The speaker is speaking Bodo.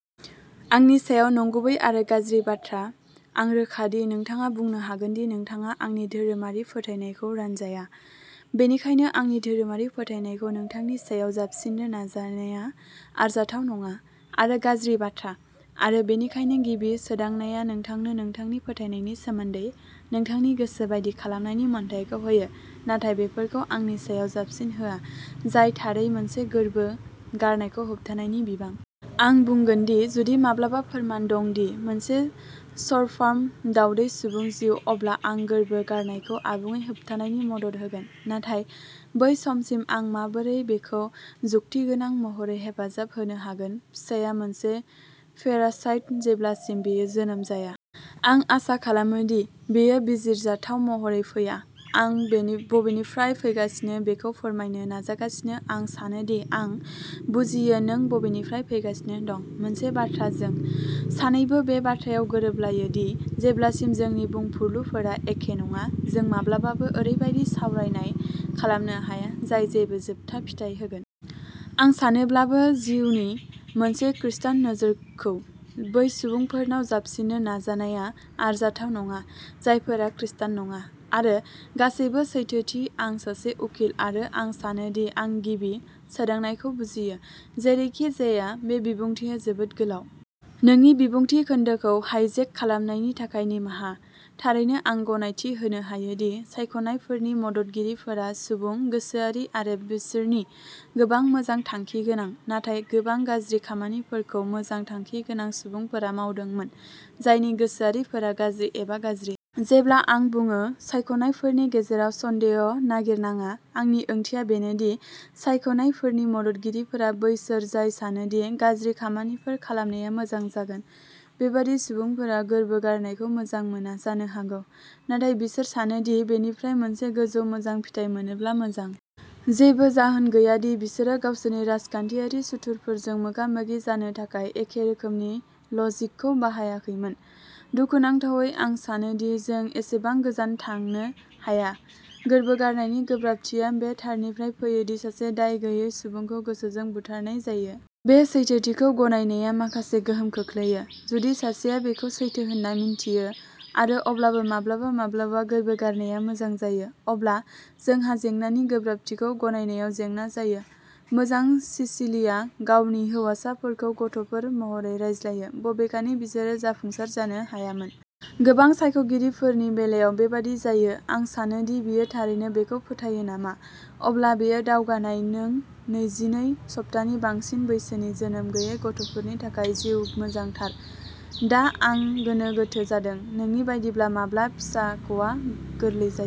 आंनि सायाव नंगुबै आरो गाज्रि बाथ्रा। आं रोखा दि नोंथाङा बुंनो हागोन दि नोंथाङा आंनि धोरोमारि फोथायनायखौ रानजाया, बेनिखायनो आंनि धोरोमारि फोथायनायखौ नोंथांनि सायाव जाबसिननो नाजानाया आरजाथाव नङा आरो गाज्रि बाथ्रा। आरो बेनिखायनो गिबि सोदांनायआ नोंथांनो नोंथांनि फोथायनायनि सोमोन्दै नोंथांनि गोसो बायदि खालामनायनि मोन्थाइखौ होयो, नाथाय बेफोरखौ आंनि सायाव जाबसिनहोआ जाय थारै मोनसे गोर्बो गारनायखौ होबथानायनि बिबां। आं बुंगोन दि जुदि माब्लाबा फोरमान दं दि मोनसे स्पार्म दावदै सुबुं जिउ, अब्ला आं गोर्बो गारनायखौ आबुङै होबथानायनि मदद होगोन। नाथाय बै समसिम, आं माबोरै बेखौ जुक्तिगोनां महरै हेफाजाब होनो हागोन फिसाया मोनसे पेरासाइट जेब्लासिम बेयो जोनोम जाया। आं आसा खालामो दि बेयो बिजिरजाथाव महरै फैया। आं बबेनिफ्राय फैगासिनो बेखौ फोरमायनो नाजागासिनो आं सानो दि आं बुजियो नों बबेनिफ्राय फैगासिनो दं। मोनसे बाथ्रा जों। सानैबो बे बाथ्रायाव गोरोबलायो दि जेब्लासिम जोंनि बुंफुरलुफोरा एखे नङा, जों माब्लाबाबो ओरैबादि सावरायनाय खालामनो हाया जाय जेबो जोबथा फिथाय होगोन। आं सानोब्लाबो, जिउ नि मोनसे खृस्टान नोजोरखौ बै सुबुंफोरनाव जाबसिननो नाजानाया आरजाथाव नङा, जायफोरा खृस्टान नङा। आरो, गासैबो सैथोथि, आं सासे उखिल आरो आं सानो दि आं गिबि सोदांनायखौ बुजियो। जेरैखिजाया, बे बिबुंथिआ जोबोद गोलाव। नोंनि बिबुंथि खोन्दोखौ हाइजेक खालामनायनि थाखाय निमाहा। थारैनो आं गनायथि होनो हायो दि सायख'नायफोरनि मददगिरिफोरा सुबुं, गोसोआरि, आरो बिसोरनि गोबां मोजां थांखि गोनां। नाथाय गोबां गाज्रि खामानिफोरखौ मोजां थांखि गोनां सुबुंफोरा मावदोंमोन, जायनि गोसोआरिफोरा गाज्रि एबा गाज्रि। जेब्ला आं बुङो सायख'नायफोरनि गेजेराव सन्देह' नागिरनाङा आंनि ओंथिया बेनो दि सायख'नायफोरनि मददगिरिफोरा बैसोर जाय सानो दि गाज्रि खामानिफोर खालामनाया मोजां जागोन। बेबादि सुबुंफोरा गोर्बो गारनायखौ मोजां मोना जानो हागौ। नाथाय बिसोर सानो दि बेनिफ्राय मोनसे गोजौ मोजां फिथाय मोनोब्ला मोजां। जेबो जाहोन गैया दि बिसोरो गावसोरनि राजखान्थियारि सुथुरफोरजों मोगा-मोगि जानो थाखाय एखे रोखोमनि लजिकखौ बाहायाखैमोन। दुखुनांथावै आं सानो दि जों एसेबां गोजान थांनो हाया। गोर्बो गारनायनि गोब्राबथिया बे थारनिफ्राय फैयो दि सासे दायगैयै सुबुंखौ गोसोजों बुथारनाय जायो। बे सैथोथिखौ गनायनाया माखासे गोहोम खोख्लैयो। जुदि सासेया बेखौ सैथो होन्ना मिन्थियो, आरो अब्लाबो माब्लाबा माब्लाबा गोर्बो गारनाया मोजां जायो, अब्ला जोंहा जेंनानि गोब्राबथिखौ गनायनायाव जेंना जायो। मोजां, सिसिलिआ गावनि हौवासाफोरखौ गथ'फोर महरै रायज्लायो, बबेखानि बिसोरो जाफुंसार जानो हायामोन। गोबां सायख'गिरिफोरनि बेलायाव बेबादि जायो। आं सानो दि बियो थारैनो बेखौ फोथायो नामा। अब्ला बेयो दावगानाय नों नैजिनै सप्तानि बांसिन बैसोनि जोनोम गैयै गथ'फोरनि थाखाय जिउ मोजां थार? दा आं गोनो गोथो जादों। नोंनि बायदिब्ला, माब्ला फिसाख'आ गोरलै जायो?